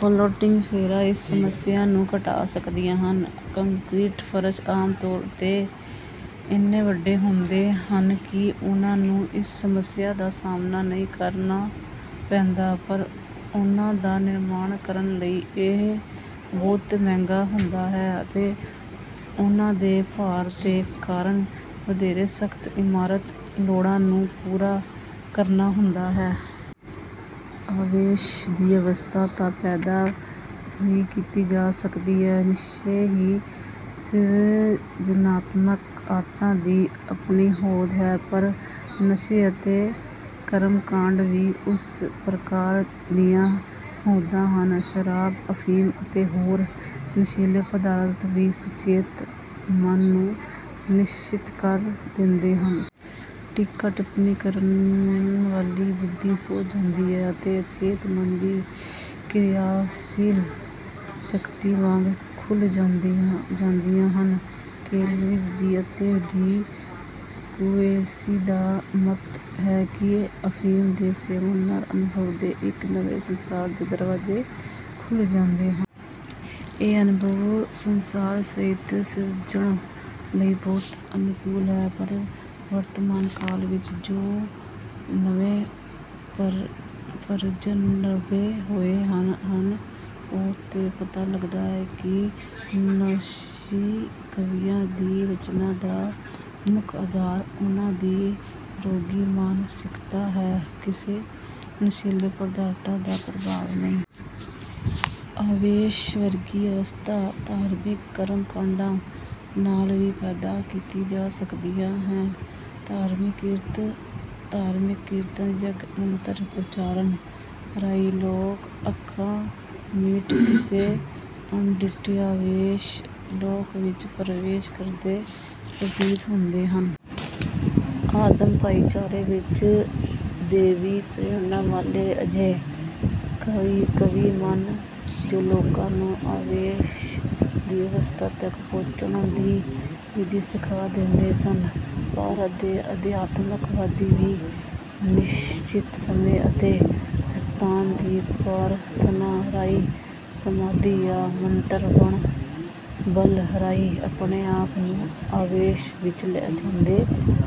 Floating ਫੋਰਾਂ ਇਸ ਸਮੱਸਿਆ ਨੂੰ ਘਟਾ ਸਕਦੀਆਂ ਹਨ। ਕੰਕਰੀਟ ਫਰਸ਼ ਆਮ ਤੌਰ ਤੇ ਇੰਨੇ ਵੱਡੇ ਹੁੰਦੇ ਹਨ ਕਿ ਉਹਨਾਂ ਨੂੰ ਇਸ ਸਮੱਸਿਆ ਦਾ ਸਾਹਮਣਾ ਨਹੀਂ ਕਰਨਾ ਪੈਂਦਾ ਪਰ ਉਹਨਾਂ ਦਾ ਨਿਰਮਾਣ ਕਰਨ ਲਈ ਇਹ ਬਹੁਤ ਮਹਿੰਗਾ ਹੁੰਦਾ ਹੈ ਅਤੇ ਉਹਨਾਂ ਦੇ ਭਾਰ ਦੇ ਕਾਰਨ ਵਧੇਰੇ ਸਖ਼ਤ ਇਮਾਰਤ ਲੋੜਾਂ ਨੂੰ ਪੂਰਾ ਕਰਨਾ ਹੁੰਦਾ ਹੈ। ਆਵੇਸ਼ ਦੀ ਅਵਸਥਾ ਤਾਂ ਪੈਦਾ ਵੀ ਕੀਤੀ ਜਾ ਸਕਦੀ ਹੈ। ਨਿਸ਼ਚੇ ਹੀ ਸਿਰਜਨਾਤਮਕ ਆਦਤਾਂ ਦੀ ਆਪਣੀ ਹੋਂਦ ਹੈ ਪਰ ਨਸ਼ੇ ਅਤੇ ਕਰਮ ਕਾਂਡ ਵੀ ਉਸ ਪ੍ਰਕਾਰ ਦੀਆਂ ਹੋਦਾਂ ਹਨ। ਸ਼ਰਾਬ ਅਫੀਮ ਅਤੇ ਹੋਰ ਨਸ਼ੀਲ ਪਦਾਰਥ ਵੀ ਸੁਚੇਤ ਮਨ ਨੂੰ ਨਿਸ਼ਚਿਤ ਕਰ ਦਿੰਦੇ ਹਨ। ਟੀਕਾ ਟਿੱਪਣੀ ਕਰਨ ਵਾਲੀ ਬੁੱਧੀ ਸੌਂ ਜਾਂਦੀ ਹੈ ਅਤੇ ਅਚੇਤ ਮਨ ਦੀ ਕਿਰਿਆਸ਼ੀਲ ਸ਼ਕਤੀ ਵਾਗਾਂ ਖੁੱਲ੍ਹ ਜਾਂਦੀਆਂ ਹਨ। ਕੋਲਵਿਜ ਦੀ ਅਤੇ ਡੀ ਕੁਇੰਸੀ ਦਾ ਮਤ ਹੈ ਕਿ ਅਫੀਮ ਦੇ ਸੇਵਨ ਨਾਲ ਅਨੁਭਵ ਦੇ ਇੱਕ ਨਵੇਂ ਸੰਸਾਰ ਦੇ ਦਰਵਾਜੇ ਖੁੱਲ੍ਹ ਜਾਂਦੇ ਹਨ। ਇਹ ਅਨੁਭਵ ਸੰਸਾਰ ਸਾਹਿਤ ਸਿਰਜਣਾ ਲਈ ਬਹੁਤ ਅਨੁਕੂਲ ਹੈ। ਪਰ ਵਰਤਮਾਨ ਕਾਲ ਵਿੱਚ ਜੋ ਨਵੇਂ ਤਰਜਰਬੇ ਹੋਏ ਹਨ ਉਸ ਤੋਂ ਪਤਾ ਲੱਗਦਾ ਹੈ ਕਿ ਨਸ਼ਈ ਕਵੀਆਂ ਦੀ ਰਚਨਾ ਦਾ ਮੁੱਖ ਆਧਾਰ ਉਹਨਾਂ ਦੀ ਰੋਗੀ ਮਾਨਸਿਕਤਾ ਹੈ ਕਿਸੇ ਨਸ਼ੀਲੇ ਪਦਾਰਥ ਦਾ ਪ੍ਰਭਾਵ ਨਹੀਂ। ਆਵੇਸ਼ ਵਰਗੀ ਅਵਸਥਾ ਧਾਰਮਿਕ ਕਰਮ ਕਾਡਾਂ ਨਾਲ ਵੀ ਪੈਦਾ ਕੀਤੀ ਜਾ ਸਕਦੀ ਹੈ। ਧਾਰਮਿਕ ਕਿਰਤ ਧਾਰਮਿਕ ਕੀਰਤਨ ਯੱਗ ਮੰਤਰ ਉਚਾਰਨ ਰਾਹੀਂ ਲੋਕ ਅੱਖਾਂ ਮੀਟ ਕਿਸੇ ਅਣਡਿੱਠੇ ਆਵੇਸ਼ ਲੋਕ ਵਿੱਚ ਪ੍ਰਵੇਸ਼ ਕਰਦੇ ਪ੍ਰਤੀਤ ਹੁੰਦੇ ਹਨ। ਆਦਮ ਭਾਈਚਾਰੇ ਵਿੱਚ ਦੇਵੀ ਪ੍ਰੇਰਣਾ ਵਾਲੇ ਅਜਿਹੇ ਕਵੀ ਸਨ ਜੋ ਲੋਕਾਂ ਨੂੰ ਆਵੇਸ਼ ਦੀ ਅਵਸਥਾ ਤੱਕ ਪਹੁੰਚਣ ਦੀ ਵਿਧੀ ਸਿਖਾ ਦਿੰਦੇ ਸਨ। ਭਾਰਤ ਦੇ ਅਧਿਆਤਮ ਵਾਦੀ ਵੀ ਨਿਸ਼ਚਿਤ ਸਮੇਂ ਅਤੇ ਸਥਾਨ ਦੀ ਪ੍ਰਾਰਥਨਾ ਰਾਹੀਂ ਸਮਾਧੀ ਜਾਂ ਮੰਤਰ ਬਲ ਰਾਹੀਂ ਆਪਣੇ ਆਪ ਨੂੰ ਆਵੇਸ਼ ਵਿੱਚ ਲੈ ਜਾਂਦੇ ਹਨ।